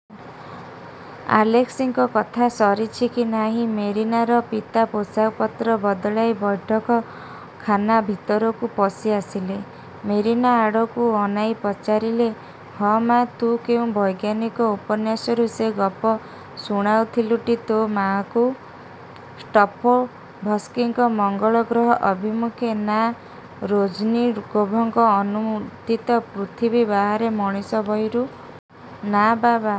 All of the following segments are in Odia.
'' ଆଲେସ୍କିଙ୍କ କଥା ସରିଛି କି ନାହିଁ, ମେରିନାର ପିତା ପୋଷାକପତ୍ର ବଦଳାଇ ବୈଠକଖାନା ଭିତରକୁ ପଶି ଆସିଲେ। ମେରିନା ଆଡ଼କୁ ଅନାଇ ପଚାରିଲେ,''ହଁ ମା, ତୁ କେଉଁ ବୈଜ୍ଞାନିକ ଉପନ୍ୟାସରୁ ସେ ଗପ ଶୁଣାଉଥିଲୁଟି ତୋ ମା'କୁ? ଫଷ୍ଟୋଭସ୍କିଙ୍କ 'ମଙ୍ଗଳ ଗ୍ରହ ଅଭିମୁଖେ' ନା ରୁଜନିଗୋଭଙ୍କ ଅନୂଦିତ 'ପୃଥିବୀ ବାହାରେ ମଣିଷ' ବହିରୁ? '' ''ନା ବାପା,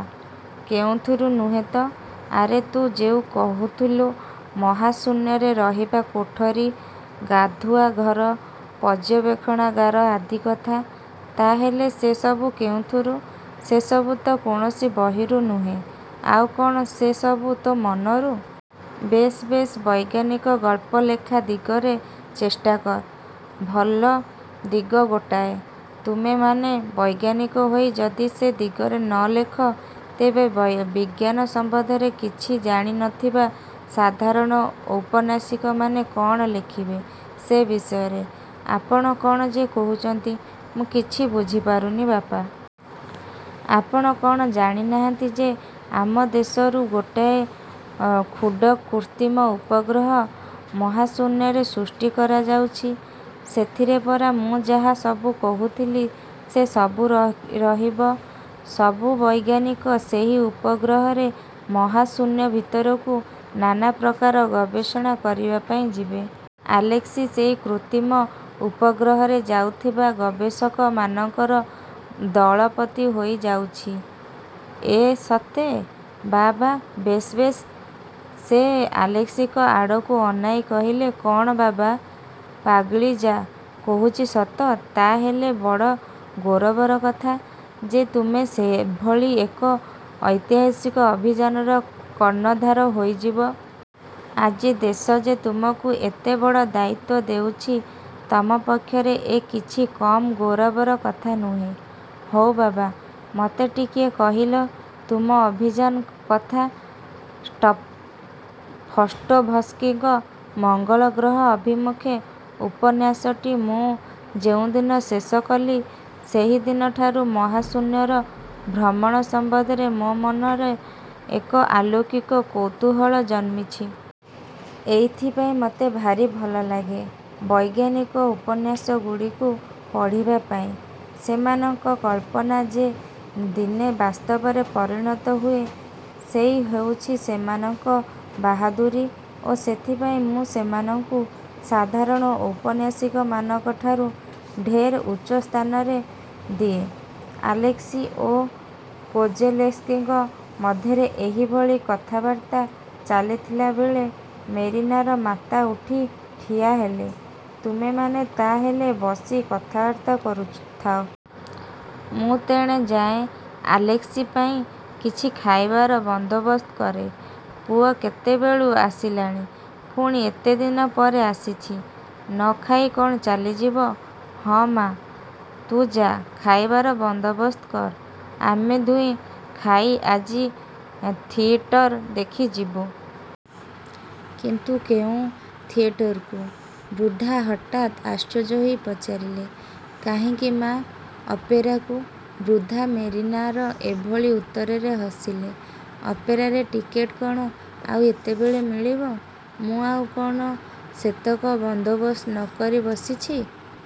କେଉଁଥିରୁ ନୁହେଁ ତ? '' ''ଆରେ, ତୁ ଯେ କହୁଥିଲୁ, ମହାଶୂନ୍ୟରେ ରହିବା କୋଠରି, ଗାଧୁଆ ଘର, ପର୍ଯ୍ୟବେକ୍ଷଣାଗାର ଆଦି କଥା। ତା ହେଲେ ସେ ସବୁ କେଉଁଥିରୁ? '' ''ସେ ସବୁ ତ କୌଣସି ବହିରୁ ନୁହେଁ। '' ''ଆଉ କ'ଣ ସେ ସବୁ ତୋ ମନରୁ? ବେଶ୍ ବେଶ୍! ବୈଜ୍ଞାନିକ ଗଳ୍ପ ଲେଖା ଦିଗରେ ଚେଷ୍ଟା କର। ଭଲ ଦିଗ ଗୋଟାଏ। ତୁମେମାନେ ବୈଜ୍ଞାନିକ ହୋଇ ଯଦି ସେ ଦିଗରେ ନ ଲେଖ, ତେବେ ବିଜ୍ଞାନ ସମ୍ୱନ୍ଧରେ କିଛି ଜାଣି ନଥିବା ସାଧାରଣ ଔପନ୍ୟାସିକମାନେ କ'ଣ ଲେଖିବେ ସେ ବିଷୟରେ? '' ''ଆପଣ କ'ଣ ଯେ କହୁଛନ୍ତି, ମୁଁ କିଛି ବୁଝିପାରୁନି ବାପା! ଆପଣ କ'ଣ ଜାଣିନାହାନ୍ତି ଯେ, ଆମ ଦେଶରୁ ଗୋଟିଏ ଖୁବ୍ବଡ଼ କୃତ୍ରିମ ଉପଗ୍ରହ ମହାଶୂନ୍ୟରେ ସୃଷ୍ଟି କରାଯାଉଛି। ସେଥିରେ ପରା ମୁଁ ଯାହା ସବୁ କହୁଥିଲି, ସେ ସବୁ ରହିବ। ବହୁ ବୈଜ୍ଞାନିକ ସେହି ଉପଗ୍ରହରେ ମହାଶୂନ୍ୟ ଭିତରକୁ ନାନାପ୍ରକାର ଗବେଷଣା କରିବା ପାଇଁ ଯିବେ। ଆଲେସ୍କି ସେଇ କୃତ୍ରିମ ଉପଗ୍ରହରେ ଯାଉଥିବା ଗବେଷକମାନଙ୍କର ଦଳପତି ହୋଇ ଯାଉଛନ୍ତି। '' ''ଏଁ, ସତେ? ବାଃ, ବାଃ, ବେଶ୍, ବେଶ୍। '' ସେ ଆଲେସ୍କିଙ୍କ ଆଡ଼କୁ ଅନାଇ କହିଲେ,''କ'ଣ ବାବା! ପାଗଳୀ ଯା' କହୁଛି ସତ? ତା' ହେଲେ ବଡ଼ ଗୌରବର କଥା ଯେ ତୁମେ ସେଭଳି ଏକ ଐତିହାସିକ ଅଭିଯାନର କର୍ଣ୍ଣଧାର ହୋଇଯିବ। ଆଜି ଦେଶ ଯେ ତୁମକୁ ଏତେ ବଡ଼ ଦାୟିତ୍ୱ ଦେଉଛି, ତମ ପକ୍ଷରେ ଏ କିଛି କମ୍ ଗୌରବର କଥା ନୁହେଁ। ହଉ ବାବା, ମୋତେ ଟିକିଏ କହିଲ ତୁମ ଅଭିଯାନ କଥା। '' ''ଫଷ୍ଟୋଭସ୍କିଙ୍କ 'ମଙ୍ଗଳଗ୍ରହ ଅଭିମୁଖେ' ଉପନ୍ୟାସଟି ମୁଁ ଯେଉଁଦିନ ଶେଷ କଲି, ସେହି ଦିନଠାରୁ ମହାଶୂନ୍ୟର ଭ୍ରମଣ ସମ୍ୱନ୍ଧରେ ମୋ ମନରେ ଏକ ଅଲୌକିକ କୌତୁହଳ ଜନ୍ମିଛି। ଏଇଥିପାଇଁ ମୋତେ ଭାରି ଭଲ ଲାଗେ ବୈଜ୍ଞାନିକ ଉପନ୍ୟାସଗୁଡ଼ିକୁ ପଢ଼ିବା ପାଇଁ। ସେମାନଙ୍କ କଳ୍ପନା ଯେ ଦିନେ ବାସ୍ତବରେ ପରିଣତ ହୁଏ, ସେଇ ହେଉଛି ସେମାନଙ୍କ ବାହାଦୂରୀ ଓ ସେଥିପାଇଁ ମୁଁ ସେମାନଙ୍କୁ ସାଧାରଣ ଔପନ୍ୟାସିକମାନଙ୍କଠାରୁ ଢେର୍ ଉଚ୍ଚରେ ସ୍ଥାନ ଦିଏ। '' ଆଲେସ୍କି ଓ କୋଜେଲେସ୍କିଙ୍କ ମଧ୍ୟରେ ଏହିଭଳି କଥାବାର୍ତ୍ତା ଚାଲିଥିଲାବେଳେ ମେରିନାର ମାତା ଉଠି ଠିଆହେଲେ–''ତୁମେମାନେ ତା' ହେଲେ ବସି କଥାବାର୍ତ୍ତା କରୁଥାଅ। ମୁଁ ତେଣେ ଯାଏ ଆଲେସ୍କି ପାଇଁ କିଛି ଖାଇବାର ବନ୍ଦୋବସ୍ତ କରେ। ପୁଅ କେତେବେଳୁ ଆସିଲାଣି, ପୁଣି ଏତେ ଦିନ ପରେ ଆସିଛି, ନ ଖାଇ କ'ଣ ଚାଲିଯିବ? '' ''ହଁ ମା, ତୁ ଯା, ଖାଇବାର ବନ୍ଦୋବସ୍ତ କର। ଆମେ ଦୁହେଁ ଖାଇ ଆଜି ଥିଏଟର ଦେଖି ଯିବୁଁ। '' ''କିନ୍ତୁ, କେଉଁ ଥିଏଟରକୁ? '' ବୃଦ୍ଧା ହଠାତ୍ ଆଶ୍ଚର୍ଯ୍ୟ ହୋଇ ପଚାରିଲେ। ''କାହିଁକି ମା, ଅପେରାକୁ? '' ବୃଦ୍ଧା ମେରିନାର ଏଭଳି ଉତ୍ତରରେ ହସିଲେ-''ଅପେରାରେ ଟିକେଟ କ'ଣ ଆଉ ଏତେବେଳେ ମିଳିବ? '' ''ମୁଁ ଆଉ କ'ଣ ସେତକ ବନ୍ଦୋବସ୍ତ ନ କରି ବସିଛି